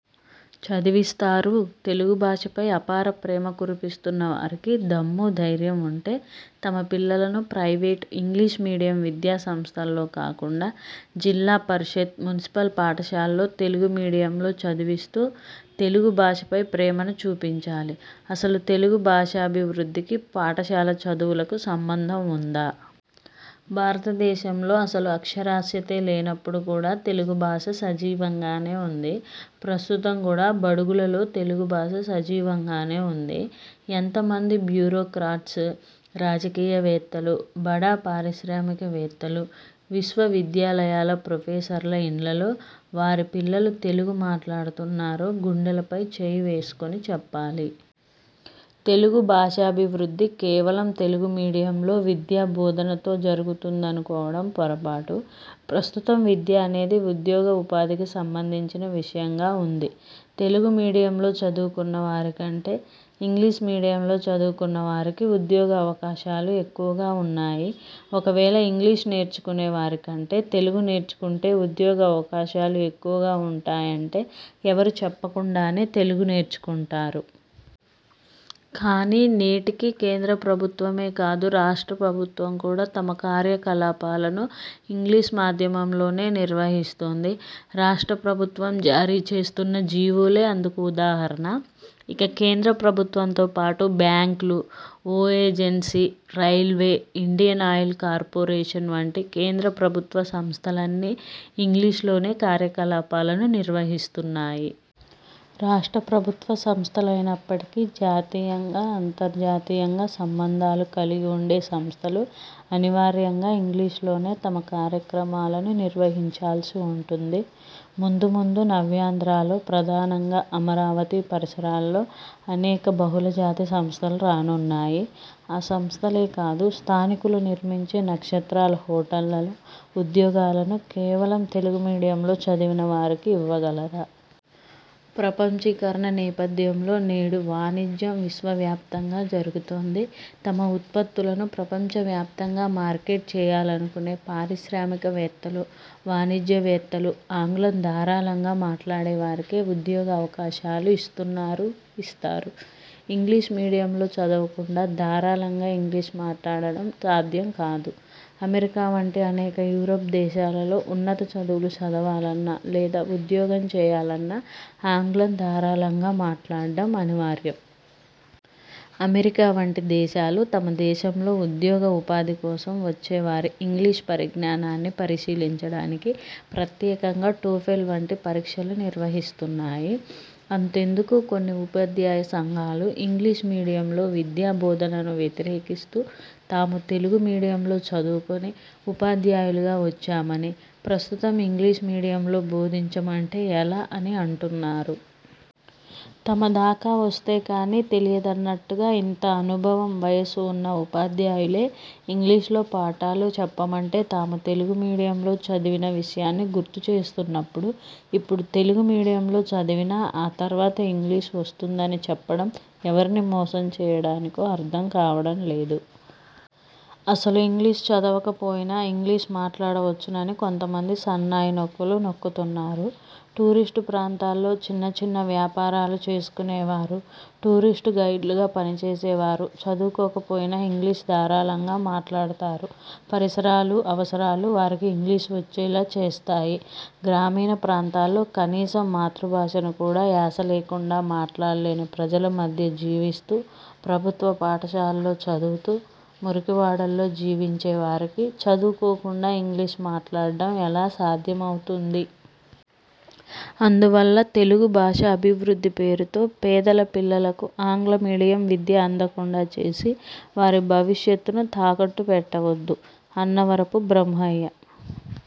చదివిస్తారు తెలుగుభాష పై అపారప్రేమ కురిపిస్తున్న వారికి దమ్ము, ధైర్యం వుంటే తమ పిల్లలను ప్రైవేట్ ఇంగ్లీషు మీడియం విద్యా సంస్థలలో కాకుండా జిల్లా పరిషత్, మున్సిపల్ పాఠశాలలో తెలుగుమీడియంలో చదివిస్తూ తెలుగు భాషపై ప్రేమను చూపించాలి. అసలు తెలుగు భాషాభివృద్ధికి పాఠశాల చదువులకు సంబంధం వుందా? భారతదేశంలో అసలు అక్షరాస్యతే లేనప్పుడు కూడా తెలుగు భాష సజీవంగానే వుంది. ప్రస్తుతం కూడా బడుగులలో తెలుగుభాష సజీవంగానే వుంది. ఎంత మంది బ్యూరోక్రాట్స్, రాజకీయ వేత్తలు, బడా పారిశ్రామిక వేత్తలు, విశ్వ విద్యాలయాల ప్రొఫెసర్ల ఇండ్లలో వారి పిల్లలు తెలుగు మాట్లాడుతున్నారో గుండెలపై చేయి వేసుకొని చెప్పాలి. తెలుగు భాషాభివృద్ధి కేవలం తెలుగు మీడియంలో విద్యా బోధనతో జరుగుతుందనుకోవడం పొరపాటు. ప్రస్తుతం విద్య అనేది ఉద్యోగ ఉపాధికి సంబంధించిన విషయంగా వుంది. తెలుగు మీడియంలో చదువుకొన్నవారి కంటే ఇంగ్లీషు మీడియంలో చదువుకొన్న వారికి ఉద్యోగ అవకాశాలు ఎక్కువగా వున్నాయి. ఒకవేళ ఇంగ్లీషు నేర్చుకొనేవారి కంటే తెలుగు నేర్చుకొంటే ఉద్యోగ అవకాశాలు ఎక్కువగా వుంటాయంటే ఎవరు చెప్పకుండానే తెలుగు నేర్చుకొంటారు. కానీ నేటికీ కేంద్ర ప్రభుత్వమే కాదు రాష్ట్ర ప్రభుత్వం కూడా తమ కార్యాకలాపాలను ఇంగ్లీషు మాధ్యమంలోనే నిర్వహిస్తోంది. రాష్ట్ర ప్రభుత్వం జారీ చేస్తున్న జీవోలే అందుకు ఉదాహరణ. ఇక కేంద్ర ప్రభుత్వంతో పాటు బ్యాంక్లు, ONGC, railway, Indian Oil Corporation వంటి కేంద్ర ప్రభుత్వ సంస్థలన్నీ ఇంగ్లీషు లోనే కార్యకలాపాలను నిర్వహిస్తున్నాయి. రాష్ట్ర ప్రభుత్వ సంస్థలైనప్పటికీ జాతీయంగా, అంతర్జాతీయంగా సంబంధాలు కలిగి వుండే సంస్థలు అని వార్యంగా ఇంగ్లీషులోనే తమ కార్యక్రమాలను నిర్వహించాల్సి వుంటుంది. ముందు ముందు నవ్యాంధ్రలో ప్రధానంగా అమరావతి పరిసరాలలో అనేక బహుళ జాతి సంస్థలు రానున్నాయి. ఆ సంస్థలే కాదు స్థానికులు నిర్మించే నక్షత్రాల హోటళ్లలో ఉద్యోగాలను కేవలం తెలుగు మీడియంలో చదివినవారికి ఇవ్వగలరా? ప్రపంచీకరణ నేపథ్యంలో నేడు వాణిజ్యం విశ్వవాప్తంగా జరుగుతోంది. తమ ఉత్పత్తులను ప్రపంచ వ్యాప్తంగా మార్కెట్ చేయాలనుకొనే పారిశ్రామిక వేత్తలు, వాణిజ్య వేత్తలు ఆంగ్లం ధారాళంగా మాట్లాడేవారికే ఉద్యోగ అవకాశాలు ఇస్తున్నారు ఇస్తారు. ఇంగ్లీషు మీడియంలో చదవకుండా ధారాళంగా ఇంగ్లీషు మాట్లాడటం సాధ్యం కాదు. అమెరికా వంటి అనేక యూరోప్ దేశాలలో ఉన్నత చదువులు చదవాలన్నా లేదా ఉద్యోగం చేయాలన్న ఆంగ్లం ధారాళంగా మాట్లాడటం అనివార్యం. అమెరికా వంటి దేశాలు తమ దేశంలో ఉద్యోగ, ఉపాధి కోసం వచ్చేవారి ఇంగ్లీషు పరిజ్ఞానాన్ని పరిశీలించడానికి ప్రత్యేకంగా టోఫెల్ వంటి పరీక్షలు నిర్వహిస్తున్నాయి. అంతెందుకు కొన్ని ఉపాధ్యాయ సంఘాలు ఇంగ్లీషు మీడియంలో విద్యా బోధనను వ్యతిరేకిస్తూ తాము తెలుగు మీడియంలో చదువుకొని ఉపాధ్యాయులుగా వచ్చామని, ప్రస్తుతం ఇంగ్లీషు మీడియంలో బోధించమంటే ఎలా అని అంటున్నారు. తమ దాకా వస్తేకానీ తెలియదన్నట్టుగా ఇంత అనుభవం, వయస్సు వున్న ఉపాధ్యాయులే ఇంగ్లీషులో పాఠాలు చెప్పమంటే తాము తెలుగు మీడియంలో చదివిన విషయాన్ని గుర్తు చేస్తున్నప్పుడు ఇప్పుడు తెలుగు మీడియంలో చదివినా ఆ తర్వాత ఇంగ్లీషు వస్తుందని చెప్పడం ఎవరిని మోసం చేయడానికో అర్థం కావడం లేదు. అసలు ఇంగ్లీషు చదవక పోయినా ఇంగ్లీషు మాట్లాడవచ్చునని కొంతమంది సన్నాయి నొక్కులు నొక్కుతున్నారు. టూరిస్టు ప్రాంతాల్లో చిన్న చిన్న వ్యాపారాలు చేసుకొనేవారు, టూరిస్టు గైడ్లుగా పనిచేసేవారు చదువుకోకపోయినా ఇంగ్లీషు ధారాళంగా మాట్లాడతారు. పరిసరాలు, అవసరాలు వారికి ఇంగ్లీషు వచ్చేలా చేస్తాయి. గ్రామీణ ప్రాంతాల్లో కనీసం మాతృభాషను కూడా యాస లేకుండా మాట్లాడలేని ప్రజలు మధ్య జీవిస్తూ, ప్రభుత్వ పాఠశాలల్లో చదువుతూ, మురికి వాడల్లో జీవించే వారికి చదువుకోకుండా ఇంగ్లీషు మాట్లాడటం ఎలా సాధ్యం అవుతుంది? అందువల్ల తెలుగు భాష అభివృద్ధి పేరుతో పేదల పిల్లలకు ఆంగ్ల మీడియం విద్య అందకుండా చేసి వారి భవిష్యత్తును తాకట్టు పెట్టవద్దు. అన్నవరపు బ్రహ్మయ్య